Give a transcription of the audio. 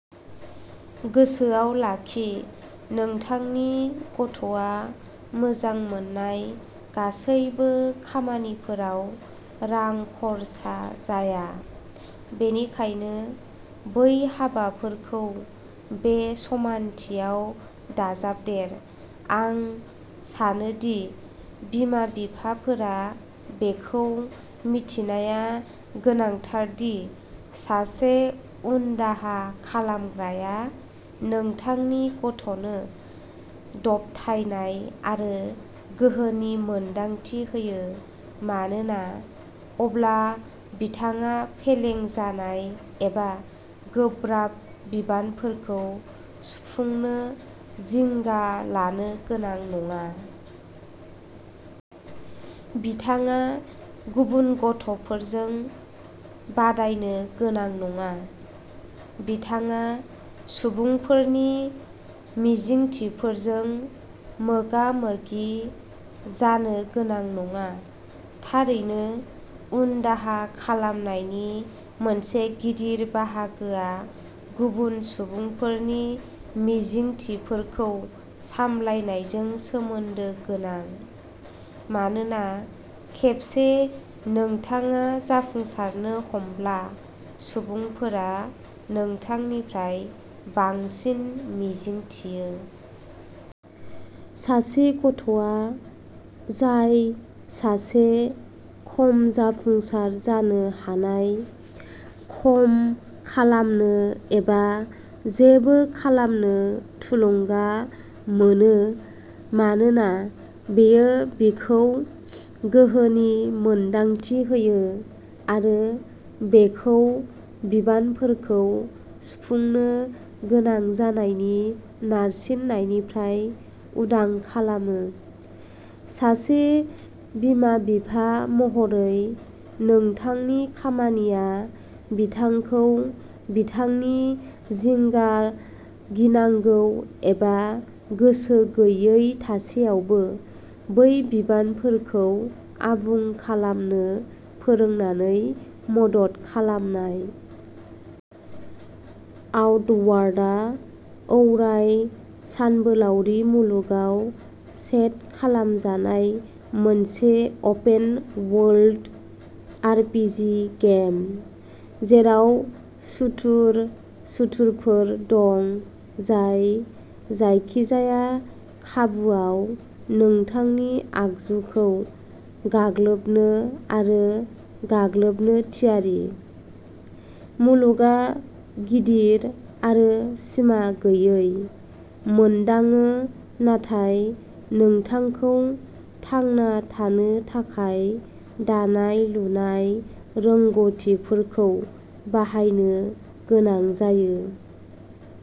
गोसोआव लाखि, नोंथांनि गथ'आ मोजां मोननाय गासैबो खामानिफोराव रां खरसा जाया, बेनिखायनो बै हाबाफोरखौ बे समानथियाव दाजाबदेर। आं सानो दि बिमा-बिफाफोरा बेखौ मिथिनाया गोनांथार दि सासे उनदाहा खालामग्राया नोंथांनि गथ'नो दबथायनाय आरो गोहोनि मोनदांथि होयो, मानोना अब्ला बिथाङा फेलें जानाय एबा गोब्राब बिबानफोरखौ सुफुंनो जिंगा लानो गोनां नङा। बिथाङा गुबुन गथ'फोरजों बादायनो गोनां नङा। बिथाङा सुबुंफोरनि मिजिंथिफोरजों मोगा-मोगि जानो गोनां नङा। थारैनो, उनदाहा खालामनायनि मोनसे गिदिर बाहागोआ गुबुन सुबुंफोरनि मिजिंथिफोरखौ सामलायनायजों सोमोन्दो गोनां। मानोना खेबसे नोंथाङा जाफुंसारनो हमब्ला, सुबुंफोरा नोंथांनिफ्राय बांसिन मिजिंथियो। सासे गथ'आ जाय सासे खम जाफुंसार जानो हानाय, खम खालामनो एबा जेबो खालामनो थुलुंगा मोनो-मानोना बेयो बिखौ गोहोनि मोनदांथि होयो आरो बेखौ बिबानफोरखौ सुफुंनो गोनां जानायनि नारसिननायनिफ्राय उदां खालामो। सासे बिमा-बिफा महरै नोंथांनि खामानिया बिथांखौ बिथांनि जिंगा, गिनांगौ एबा गोसो गैयै थासेयावबो बै बिबानफोरखौ आबुं खालामनो फोरोंनानै मदद खालामनाय। आउटवार्डआ औराइ सानबोलावरि मुलुगाव सेट खालामजानाय मोनसे अपेन-वर्ल्ड आरपीजी गेम जेराव सुथुर सुथुरफोर दं जाय जायखिजाया खाबुवाव नोंथांनि आगजुखौ गाग्लोबनो आरो गाग्लोबनो थियारि। मुलुगआ गिदिर आरो सिमा गैयै मोनदाङो नाथाय नोंथांखौ थांना थानो थाखाय दानाय-लुनाय रोंग'थिफोरखौ बाहायनो गोनां जायो।